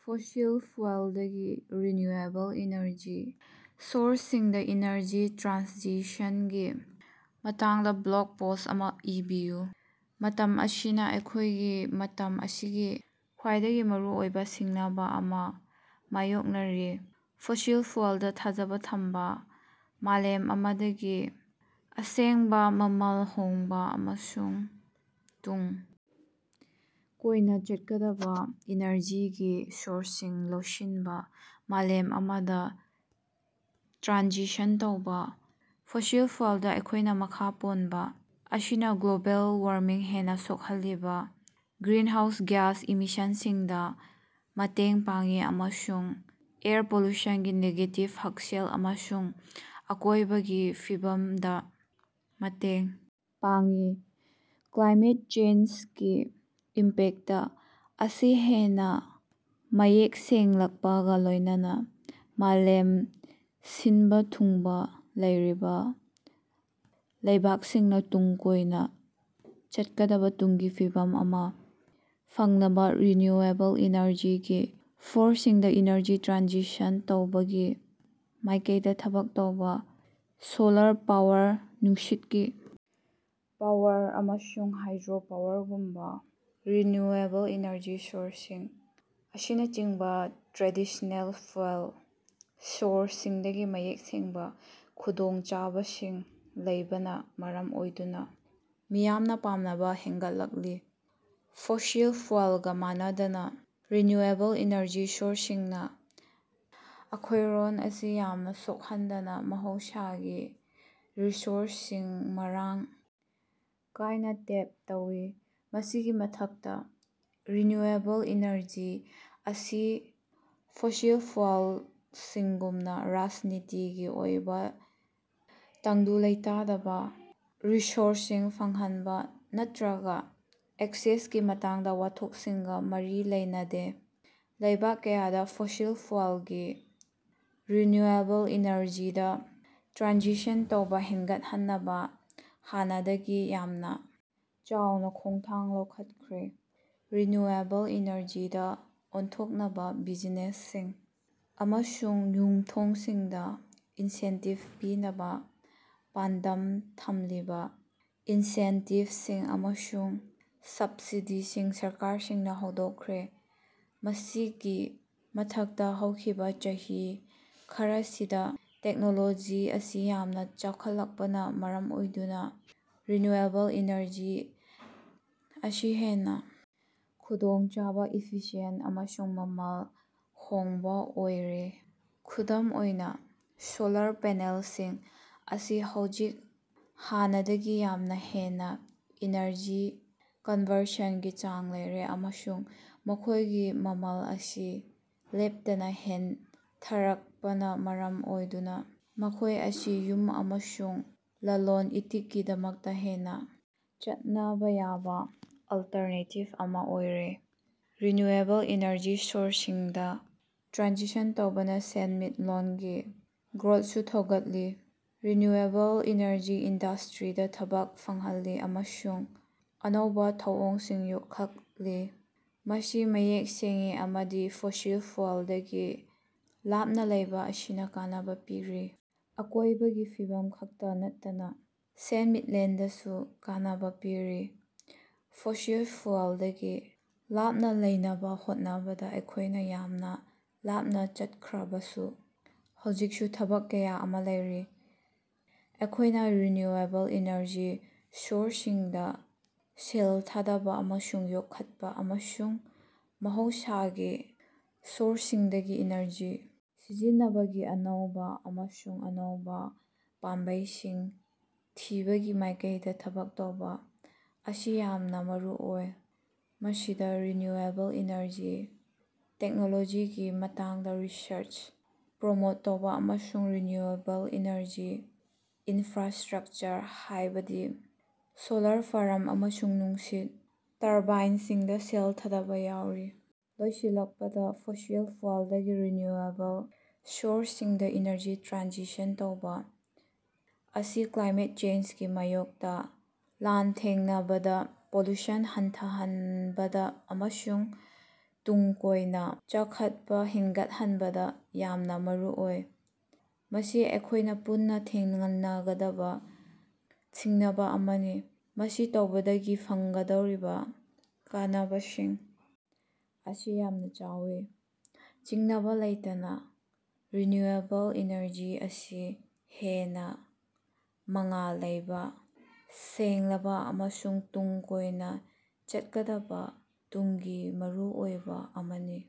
Fossil ꯐ꯭ꯌꯨꯦꯜꯗꯒꯤ renewable energy ꯁꯣꯔꯁꯁꯤꯡꯗ energy ꯇ꯭ꯔꯥꯟꯁꯤꯁꯟꯒꯤ ꯃꯇꯥꯡꯗ ꯕ꯭ꯂꯣꯒ ꯄꯣꯁ꯭ꯠ ꯑꯃ ꯏꯕꯤꯌꯨ꯫ ꯃꯥꯂꯦꯝ ꯑꯁꯤꯅ ꯑꯩꯈꯣꯏꯒꯤ ꯃꯇꯝ ꯑꯁꯤꯒꯤ ꯈ꯭ꯋꯥꯏꯗꯒꯤ ꯃꯔꯨꯑꯣꯏꯕ ꯁꯤꯡꯅꯕꯥ ꯑꯃ ꯃꯥꯌꯣꯛꯅꯔꯤ -ꯐꯣꯁꯤꯜ ꯐ꯭ꯌꯨꯦꯜꯗꯥ ꯊꯥꯖꯕ ꯊꯝꯕ ꯃꯥꯂꯦꯝ ꯑꯃꯗꯒꯤ ꯑꯁꯦꯡꯕ, ꯃꯃꯜ ꯍꯣꯡꯕ ꯑꯃꯁꯨꯡ ꯇꯨꯡ ꯀꯣꯏꯅ ꯆꯠꯀꯗꯕ‌ ꯏꯅꯔꯖꯤꯒꯤ ꯁꯣꯔꯁꯁꯤꯡ ꯂꯧꯁꯤꯟꯕ ꯃꯥꯂꯦꯝ ꯑꯃꯗ ꯇ꯭ꯔꯥꯟꯁꯤꯁꯟ ꯇꯧꯕ, ꯐꯣꯁꯤꯜ ꯐ꯭ꯌꯨꯦꯜꯗꯥ ꯑꯩꯈꯣꯏꯅ ꯃꯈꯥ ꯄꯣꯟꯕ ꯑꯁꯤꯅ ꯒ꯭ꯂꯣꯕꯦꯜ ꯋꯥꯔꯃꯤꯡ ꯍꯦꯟꯅ ꯁꯣꯛꯍꯜꯂꯤꯕ ꯒ꯭ꯔꯤꯟꯍꯥꯎꯁ ꯒ꯭ꯌꯥꯁ ꯏꯃꯤꯁꯟꯁꯤꯡꯗ ꯃꯇꯦꯡ ꯄꯥꯡꯏ ꯑꯃꯁꯨꯡ ꯑꯦꯌꯔ ꯄꯣꯂꯨꯁꯟꯒꯤ ꯅꯦꯒꯦꯇꯤꯕ ꯍꯛꯁꯦꯜ ꯑꯃꯁꯨꯡ ꯑꯀꯣꯏꯕꯒꯤ ꯐꯤꯕꯝꯗ ꯃꯇꯦꯡ ꯄꯥꯡꯏ꯫ ꯀ꯭ꯂꯥꯏꯃꯦꯠ ꯆꯦꯟꯖꯒꯤ ꯏꯝꯄꯦꯛꯇ ꯑꯁꯤ ꯍꯦꯟꯅ ꯃꯌꯦꯛ ꯁꯦꯡꯂꯛꯄꯒꯥ ꯂꯣꯏꯅꯅꯥ ꯃꯥꯂꯦꯝ ꯁꯤꯟꯕ ꯊꯨꯡꯕ ꯂꯩꯔꯤꯕ ꯂꯩꯕꯥꯛꯁꯤꯡꯅ ꯇꯨꯡ ꯀꯣꯏꯅ ꯆꯠꯀꯗꯕꯥ ꯇꯨꯡꯒꯤ ꯐꯤꯕꯝ ꯑꯃ ꯐꯪꯅꯕ ꯔꯤꯅ꯭ꯌꯨꯑꯦꯕꯜ ꯏꯅꯔꯖꯤꯒꯤ ꯁꯣꯔꯁꯁꯤꯡꯗ ꯏꯅꯔꯖꯤ ꯇ꯭ꯔꯥꯟꯁꯤꯁꯟ ꯇꯧꯕꯒꯤ ꯃꯥꯏꯀꯩꯗ ꯊꯕꯛ ꯇꯧꯔꯤ꯫ ꯁꯣꯂꯥꯔ ꯄꯥꯋꯔ, ꯅꯨꯡꯁꯤꯠꯀꯤ ꯄꯥꯋꯔ, ꯑꯃꯁꯨꯡ ꯍꯥꯏꯗ꯭ꯔꯣ ꯄꯥꯋꯔꯒꯨꯝꯕ ꯔꯤꯅ꯭ꯌꯨꯋꯦꯕꯜ ꯏꯅꯔꯖꯤ ꯁꯣꯔꯁꯁꯤꯡ ꯑꯁꯤꯅꯆꯤꯡꯕ ꯇ꯭ꯔꯦꯗꯤꯁ꯭ꯅꯦꯜ ꯐ꯭ꯌꯨꯦꯜ ꯁꯣꯔꯁꯁꯤꯡꯗꯒꯤ ꯃꯌꯦꯛ ꯁꯦꯡꯕ ꯈꯨꯗꯣꯡꯆꯥꯕꯁꯤꯡ ꯂꯩꯕꯅ ꯃꯔꯝ ꯑꯣꯏꯗꯨꯅ ꯃꯤꯌꯥꯝꯅ ꯄꯥꯝꯅꯕ ꯍꯦꯟꯒꯠꯂꯛꯂꯤ꯫ ꯐꯣꯁꯤꯜ ꯐ꯭ꯌꯨꯦꯜꯒꯥ ꯃꯥꯟꯅꯗꯅꯥ, ꯔꯤꯅ꯭ꯌꯨꯋꯦꯕꯜ ꯏꯅꯔꯖꯤ ꯁꯣꯔꯁꯁꯤꯡꯅ ꯑꯀꯣꯎꯔꯣꯟ ꯑꯁꯤ ꯌꯥꯝꯅ ꯁꯣꯛꯍꯟꯗꯅꯥ ꯃꯍꯧꯁꯥꯒꯤ ꯔꯤꯁꯣꯔꯁꯁꯤꯡ ꯃꯔꯥꯡ ꯀꯥꯏꯅ ꯇꯦꯞ ꯇꯧꯏ꯫ ꯃꯁꯤꯒꯤ ꯃꯊꯛꯇꯥ, ꯔꯤꯅ꯭ꯌꯨꯋꯦꯕꯜ ꯏꯅꯔꯖꯤ ꯑꯁꯤ ꯐꯣꯁꯤꯜ ꯐ꯭ꯌꯨꯦꯜꯁꯤꯡꯒꯨꯝꯅ ꯔꯥꯖꯅꯤꯇꯤꯒꯤ ꯑꯣꯏꯕ ꯇꯪꯗꯨ ꯂꯩꯇꯥꯗꯕꯥ, ꯔꯤꯁꯣꯔꯁꯁꯤꯡ ꯐꯪꯍꯟꯕ, ꯅꯠꯇꯔꯒ ꯑꯦꯛꯁꯦꯁꯀꯤ ꯃꯇꯥꯡꯗ ꯋꯥꯊꯣꯠꯁꯤꯡꯒ ꯃꯔꯤ ꯂꯩꯅꯗꯦ꯫ ꯂꯩꯕꯥꯛ ꯀꯌꯥꯗ ꯐꯣꯁꯤꯜ ꯐ꯭ꯌꯨꯦꯜꯒꯤ ꯔꯤꯅ꯭ꯌꯨꯑꯦꯕꯜ ꯏꯅꯔꯖꯤꯗ ꯇ꯭ꯔꯥꯟꯁꯤꯁꯟ ꯇꯧꯕ ꯍꯦꯟꯒꯠꯍꯟꯅꯕ ꯍꯥꯟꯅꯗꯒꯤ ꯌꯥꯝꯅ ꯆꯥꯎꯅ ꯈꯣꯡꯊꯥꯡ ꯂꯧꯈꯠꯈ꯭ꯔꯦ꯫ ꯔꯤꯅ꯭ꯌꯨꯑꯦꯕꯜ ꯏꯅꯔꯖꯤꯗꯥ ꯑꯣꯟꯊꯣꯛꯅꯕꯥ ꯕꯤꯖꯤꯅꯦꯁꯁꯤꯡ ꯑꯃꯁꯨꯡ ꯌꯨꯝꯊꯣꯡꯁꯤꯡꯗ ꯏꯟꯁꯦꯟꯇꯤꯕ ꯄꯤꯅꯕ ꯄꯥꯟꯗꯝ ꯊꯝꯂꯤꯕ ꯏꯟꯁꯦꯟꯇꯤꯕꯁꯤꯡ ꯑꯃꯁꯨꯡ ꯁꯕꯁꯤꯗꯤꯁꯤꯡ ꯁꯔꯀꯥꯔꯁꯤꯡꯅ ꯍꯧꯗꯣꯛꯈ꯭ꯔꯦ꯫ ꯃꯁꯤꯒꯤ ꯃꯊꯛꯇ, ꯍꯧꯈꯤꯕ ꯆꯍꯤ ꯈꯔꯁꯤꯗ ꯇꯦꯛꯅꯣꯂꯣꯖꯤ ꯑꯁꯤ ꯌꯥꯝꯅ ꯆꯥꯎꯈꯠꯂꯛꯄꯅꯥ ꯃꯔꯝ ꯑꯣꯏꯗꯨꯅ ꯔꯤꯅ꯭ꯌꯨꯋꯦꯕꯜ ꯏꯅꯔꯖꯤ ꯑꯁꯤ ꯍꯦꯟꯅ ꯈꯨꯗꯣꯡꯆꯥꯕ, ꯏꯐꯤꯁꯤꯌꯦꯟꯇ ꯑꯃꯁꯨꯡ ꯃꯃꯜ ꯍꯣꯡꯕ ꯑꯣꯏꯔꯦ꯫ ꯈꯨꯗꯝ ꯑꯣꯏꯅ, ꯁꯣꯂꯥꯔ ꯄꯦꯅꯦꯜꯁꯤꯡ ꯑꯁꯤ ꯍꯧꯖꯤꯛ ꯍꯥꯟꯅꯗꯒꯤ ꯌꯥꯝꯅ ꯍꯦꯟꯅ ꯏꯅꯔꯖꯤ ꯀꯟꯕꯔꯁꯟꯒꯤ ꯆꯥꯡ ꯂꯩꯔꯦ, ꯑꯃꯁꯨꯡ ꯃꯈꯣꯏꯒꯤ ꯃꯃꯜ ꯑꯁꯤ ꯂꯦꯞꯇꯅꯥ ꯍꯦꯟꯊꯔꯛꯄꯅꯥ ꯃꯔꯝ ꯑꯣꯏꯗꯨꯅ ꯃꯈꯣꯏ ꯑꯁꯤ ꯌꯨꯝ ꯑꯃꯁꯨꯡ ꯂꯂꯣꯟ-ꯏꯇꯤꯛꯀꯤꯗꯃꯛꯇ ꯍꯦꯟꯅ ꯆꯠꯅꯕꯥ ꯌꯥꯕ ꯑꯂꯜꯇꯔꯅꯦꯇꯤꯕ ꯑꯃ ꯑꯣꯏꯔꯦ꯫ ꯔꯤꯅ꯭ꯌꯨꯋꯦꯕꯜ ꯏꯅꯔꯖꯤ ꯁꯣꯔꯁꯁꯤꯡꯗ ꯇ꯭ꯔꯥꯟꯁꯤꯁꯟ ꯇꯧꯕꯅ ꯁꯦꯟꯃꯤꯠꯂꯣꯟꯒꯤ ꯒ꯭ꯔꯣꯊꯁꯨ ꯊꯧꯒꯠꯂꯤ, ꯔꯤꯅ꯭ꯌꯨꯑꯦꯕꯜ ꯏꯅꯔꯖꯤ ꯏꯟꯗꯁꯇ꯭ꯔꯤꯗꯥ ꯊꯕꯛ ꯐꯪꯍꯜꯂꯤ, ꯑꯃꯁꯨꯡ ꯑꯅꯧꯕ ꯊꯧꯑꯣꯡꯁꯤꯡ ꯌꯣꯛꯈꯠꯂꯤ꯫ ꯃꯁꯤ ꯃꯌꯦꯛ ꯁꯦꯡꯏ ꯑꯃꯗꯤ ꯐꯣꯁꯤꯜ ꯐ꯭ꯌꯨꯦꯜꯗꯒꯤ ꯂꯥꯞꯅꯥ ꯂꯩꯕ ꯑꯁꯤꯅ ꯀꯥꯟꯅꯕꯥ ꯄꯤꯔꯤ, ꯑꯀꯣꯏꯕꯒꯤ ꯐꯤꯕꯝ ꯈꯛꯇ ꯅꯠꯇꯅꯥ ꯁꯦꯟꯃꯤꯠꯂꯦꯟꯗꯁꯨ ꯀꯥꯟꯅꯕꯥ ꯄꯤꯔꯤ꯫ ꯐꯣꯁꯤꯜ ꯐ꯭ꯌꯨꯦꯜꯗꯒꯤ ꯂꯥꯞꯅ ꯂꯩꯅꯕ ꯍꯣꯠꯅꯕꯗꯥ ꯑꯩꯈꯣꯏꯅ ꯌꯥꯝꯅ ꯂꯥꯞꯅ ꯆꯠꯈ꯭ꯔꯕꯁꯨ, ꯍꯧꯖꯤꯛꯁꯨ ꯊꯕꯛ ꯀꯌꯥ ꯑꯃ ꯂꯩꯔꯤ꯫ ꯑꯩꯈꯣꯏꯅ ꯔꯤꯅ꯭ꯌꯨꯋꯦꯕꯜ ꯏꯅꯔꯖꯤ ꯁꯣꯔꯁꯁꯤꯡꯗ ꯁꯦꯜ ꯊꯥꯗꯕꯥ ꯑꯃꯁꯨꯡ ꯌꯣꯛꯈꯠꯄ, ꯑꯃꯁꯨꯡ ꯃꯍꯧꯁꯥꯒꯤ ꯁꯣꯔꯁꯁꯤꯡꯗꯒꯤ ꯏꯅꯔꯖꯤ ꯁꯤꯖꯤꯟꯅꯕꯒꯤ ꯑꯅꯧꯕ ꯑꯃꯁꯨꯡ ꯑꯅꯧꯕ ꯄꯥꯝꯕꯩꯁꯤꯡ ꯊꯤꯕꯒꯤ ꯃꯥꯏꯀꯩꯗ ꯊꯕꯛ ꯇꯧꯕ ꯑꯁꯤ ꯌꯥꯝꯅ ꯃꯔꯨꯑꯣꯏ꯫ ꯃꯁꯤꯗ ꯔꯤꯅ꯭ꯌꯨꯑꯦꯕꯜ ꯏꯅꯔꯖꯤ ꯇꯦꯛꯅꯣꯂꯣꯖꯤꯒꯤ ꯃꯇꯥꯡꯗ ꯔꯤꯁꯔꯆ ꯄ꯭ꯔꯃꯣꯠ ꯇꯧꯕ ꯑꯃꯁꯨꯡ ꯔꯤꯅ꯭ꯌꯨꯑꯦꯕꯜ ꯏꯅꯔꯖꯤ ꯏꯟꯐ꯭ꯔꯥꯁ꯭ꯇꯔꯛꯆꯔ, ꯍꯥꯏꯕꯗꯤ ꯁꯣꯂꯔ ꯐꯥꯔꯝ ꯑꯃꯁꯨꯡ ꯅꯨꯡꯁꯤꯠ ꯇꯔꯕꯥꯏꯟꯁꯤꯡꯗ ꯁꯦꯜ ꯊꯥꯗꯕꯥ ꯌꯥꯎꯔꯤ꯫ ꯂꯣꯏꯁꯤꯜꯂꯛꯄꯗꯥ, ꯐꯣꯁꯤꯜ ꯐ꯭ꯌꯨꯦꯜꯗꯒꯤ ꯔꯤꯅ꯭ꯌꯨꯋꯦꯕꯜ ꯁꯣꯔꯁꯁꯤꯡꯗ ꯏꯅꯔꯖꯤ ꯇ꯭ꯔꯥꯟꯁꯤꯁꯟ ꯇꯧꯕ ꯑꯁꯤ ꯀ꯭ꯂꯥꯏꯃꯦꯠ ꯆꯦꯟꯖꯒꯤ ꯃꯥꯌꯣꯛꯇ ꯂꯥꯟꯊꯦꯡꯅꯕꯗꯥ, ꯄꯣꯂꯨꯁꯟ ꯍꯟꯊꯍꯟꯕꯗ ꯑꯃꯁꯨꯡ ꯇꯨꯡ ꯀꯣꯏꯅ ꯆꯥꯎꯈꯠꯄ ꯍꯦꯟꯒꯠꯍꯟꯕꯗ ꯌꯥꯝꯅ ꯃꯔꯨꯑꯣꯏ꯫ ꯃꯁꯤ ꯑꯩꯈꯣꯏꯅ ꯄꯨꯟꯅ ꯊꯦꯡꯅꯒꯗꯕ ꯁꯤꯡꯅꯕꯥ ꯑꯃꯅꯤ, ꯃꯁꯤ ꯇꯧꯕꯗꯒꯤ ꯐꯪꯒꯗꯧꯔꯤꯕ ꯀꯥꯟꯅꯕꯁꯤꯡ ꯑꯁꯤ ꯌꯥꯝꯅ ꯆꯥꯎꯏ꯫ ꯆꯤꯡꯅꯕ ꯂꯩꯇꯅꯥ, ꯔꯤꯅ꯭ꯌꯨꯋꯦꯕꯜ ꯏꯅꯔꯖꯤ ꯑꯁꯤ ꯍꯦꯟꯅ ꯃꯉꯥꯜ ꯂꯩꯕ, ꯁꯦꯡꯂꯕꯥ ꯑꯃꯁꯨꯡ ꯇꯨꯡ ꯀꯣꯏꯅ ꯆꯠꯀꯗꯕꯥ ꯇꯨꯡꯒꯤ ꯃꯔꯨꯑꯣꯏꯕ ꯑꯃꯅꯤ꯫